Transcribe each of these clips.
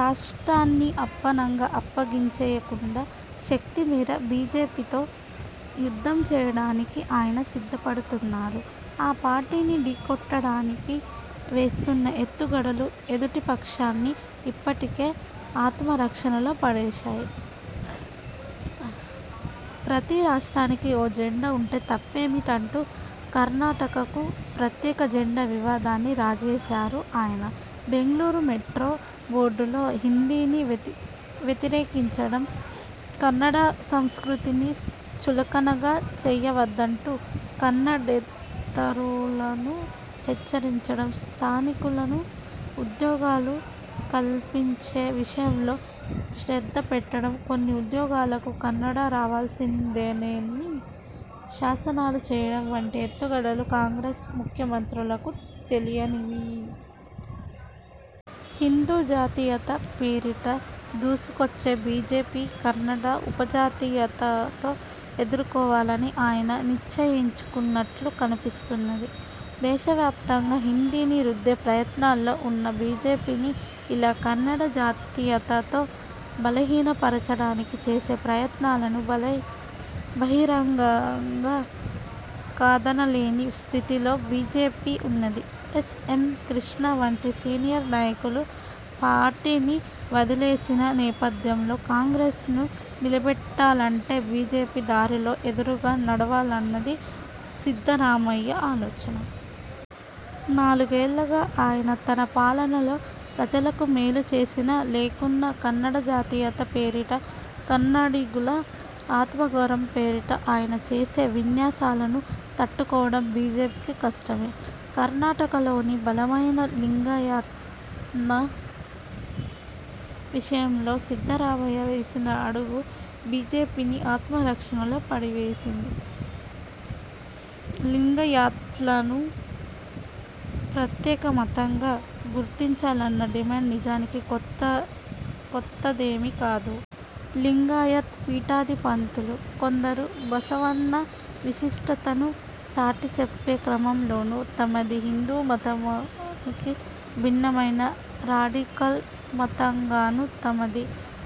రాష్ట్రాన్ని అప్పనంగా అప్పగించేయకుండా, శక్తిమేర బీజేపీతో యుద్ధం చేయడానికి ఆయన సిద్ధపడుతున్నారు. ఆ పార్టీని ఢీకొట్టడానికి వేస్తున్న ఎత్తుగడలు ఎదుటిపక్షాన్ని ఇప్పటికే ఆత్మరక్షణలో పడేశాయి. ప్రతి రాష్ట్రానికీ ఓ జెండా ఉంటే తప్పేమిటంటూ కర్ణాటకకు ప్రత్యేక జెండా వివాదాన్ని రాజేశారు ఆయన. బెంగుళూరు మెట్రో బోర్డుల్లో హిందీని వ్యతిరేకించడం, కన్నడ సంస్కృతిని చులకన చేయవద్దంటూ కన్నడేతరులను హెచ్చరించడం, స్థానికులకు ఉద్యోగాలు కల్పించే విషయంలో శ్రద్ధపెట్టడం, కొన్ని ఉద్యోగాలకు కన్నడ రావాల్సిందేనని శాసనాలు చేయడం వంటి ఎత్తుగడలు కాంగ్రెస్ ముఖ్యమంత్రులకు తెలియనివి. హిందూ జాతీయత పేరిట దూసుకొచ్చే బీజేపీని కన్నడ ఉపజాతీయతతో ఎదుర్కోవాలని ఆయన నిశ్చయించుకున్నట్లు కనిపిస్తున్నది. దేశవ్యాప్తంగా హిందీని రుద్దే ప్రయత్నాల్లో ఉన్న బీజేపీని ఇలా కన్నడ జాతీయతతో బలహీనపరచడానికి చేసే ప్రయత్నాలను బహిరంగంగా కాదనలేని స్ధితిలో బీజేపీ ఉన్నది. ఎస్. ఎమ్. కృష్ణ వంటి సీనియర్ నాయకులు పార్టీని వదిలేసిన నేపథ్యంలో, కాంగ్రెస్ను నిలబెట్టాలంటే బీజేపీ దారిలోనే ఎదురుగా నడవాలన్నది సిద్ధరామయ్య ఆలోచన. నాలుగేళ్ళుగా ఆయన తన పాలనలో ప్రజలకు మేలుచేసినా, లేకున్నా, కన్నడ జాతీయత పేరిటా, కన్నడిగుల ఆత్మగౌరవం పేరిట ఆయన చేసే విన్యాసాలను తట్టుకోవడం బీజేపికి కష్టమే. కర్ణాటకలోని బలమైన లింగాయత్ల విషయంలో సిద్ధరామయ్య వేసిన అడుగు బీజేపీని ఆత్మరక్షణలో పడవేసింది. లింగాయత్లను ప్రత్యేక మతంగా గుర్తించాలన్న డిమాండ్ నిజానికి కొత్తదేమీ కాదు. లింగాయత్ పీఠాధిపతులు కొందరు బసవన్న విశిష్ఠతను చాటిచెప్పే క్రమంలోనూ, తమది హిందూమతానికి భిన్నమైన రాడికల్ మతంగానూ, తమది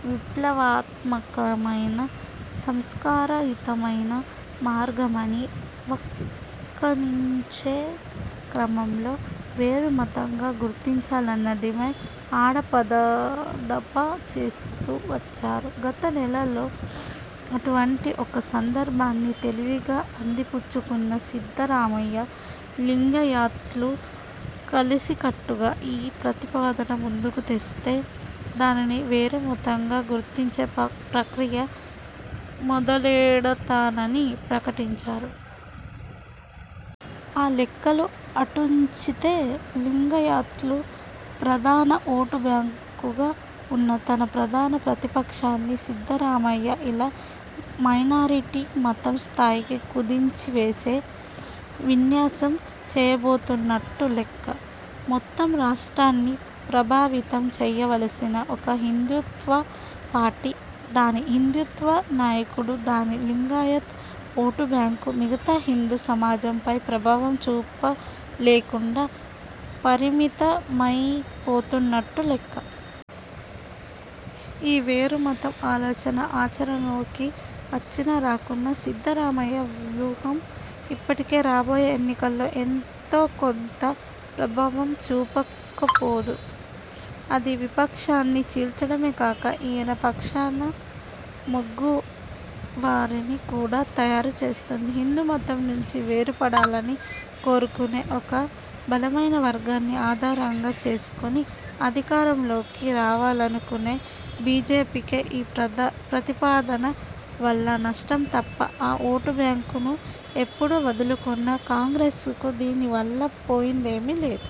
విప్లవాత్మకమైన సంస్కరణయుతమైన మార్గమని వక్కాణించే క్రమంలో వేరుమతంగా గుర్తించాలన్న డిమాండ్ అడపాదడపా చేస్తూ వచ్చారు. గతనెలలో అటువంటి ఒక సందర్భాన్ని తెలివిగా అందిపుచ్చుకున్న సిద్ధరామయ్య, లింగాయత్లు కలసికట్టుగా ఈ ప్రతిపాదన ముందుకు తెస్తే, దానిని వేరుమతంగా గుర్తించే ప్రక్రియ మొదలెడతానని ప్రకటించారు. ఆ లెక్కలు అటుంచితే, లింగాయత్లు ప్రధాన ఓటుబ్యాంకుగా ఉన్న తన ప్రధాన ప్రతిపక్షాన్ని సిద్ధరామయ్య ఇలా మైనారిటీ మతం స్థాయికి కుదించివేసే విన్యాసం చేయబోతున్నట్టు లెక్క. మొత్తం రాష్ట్రాన్ని ప్రభావితం చేయవలసిన ఒక హిందూత్వ పార్టీ, దాని హిందూత్వ నాయకుడు, దాని లింగాయత్ ఓటుబ్యాంకు మిగతా హిందూ సమాజంపై ప్రభావం చూపలేకుండా పరిమితమైపోతున్నట్టు లెక్క. ఈ వేరుమతం ఆలోచన ఆచరణలోకి వచ్చినా రాకున్నా సిద్ధరామయ్య వ్యూహం ఇప్పటికే రాబోయే ఎన్నికల్లో ఎంతో కొంత ప్రభావం చూపకపోదు. అది విపక్షాన్ని చీల్చడమే కాక, ఈయన పక్షాన మొగువారిని కూడా తయారుచేస్తుంది. హిందూమతం నుంచి వేరుపడాలని కోరుకొనే ఒక బలమైన వర్గాన్ని ఆధారంగా చేసుకొని అధికారంలోకి రావాలనుకొనే బీజేపీకే ఈ ప్రతిపాదన వల్ల నష్టం తప్ప ఆ ఓటుబ్యాంకును ఎప్పుడో వదులుకొన్న కాంగ్రెస్కు దీనివల్ల పోయిందేమీ లేదు.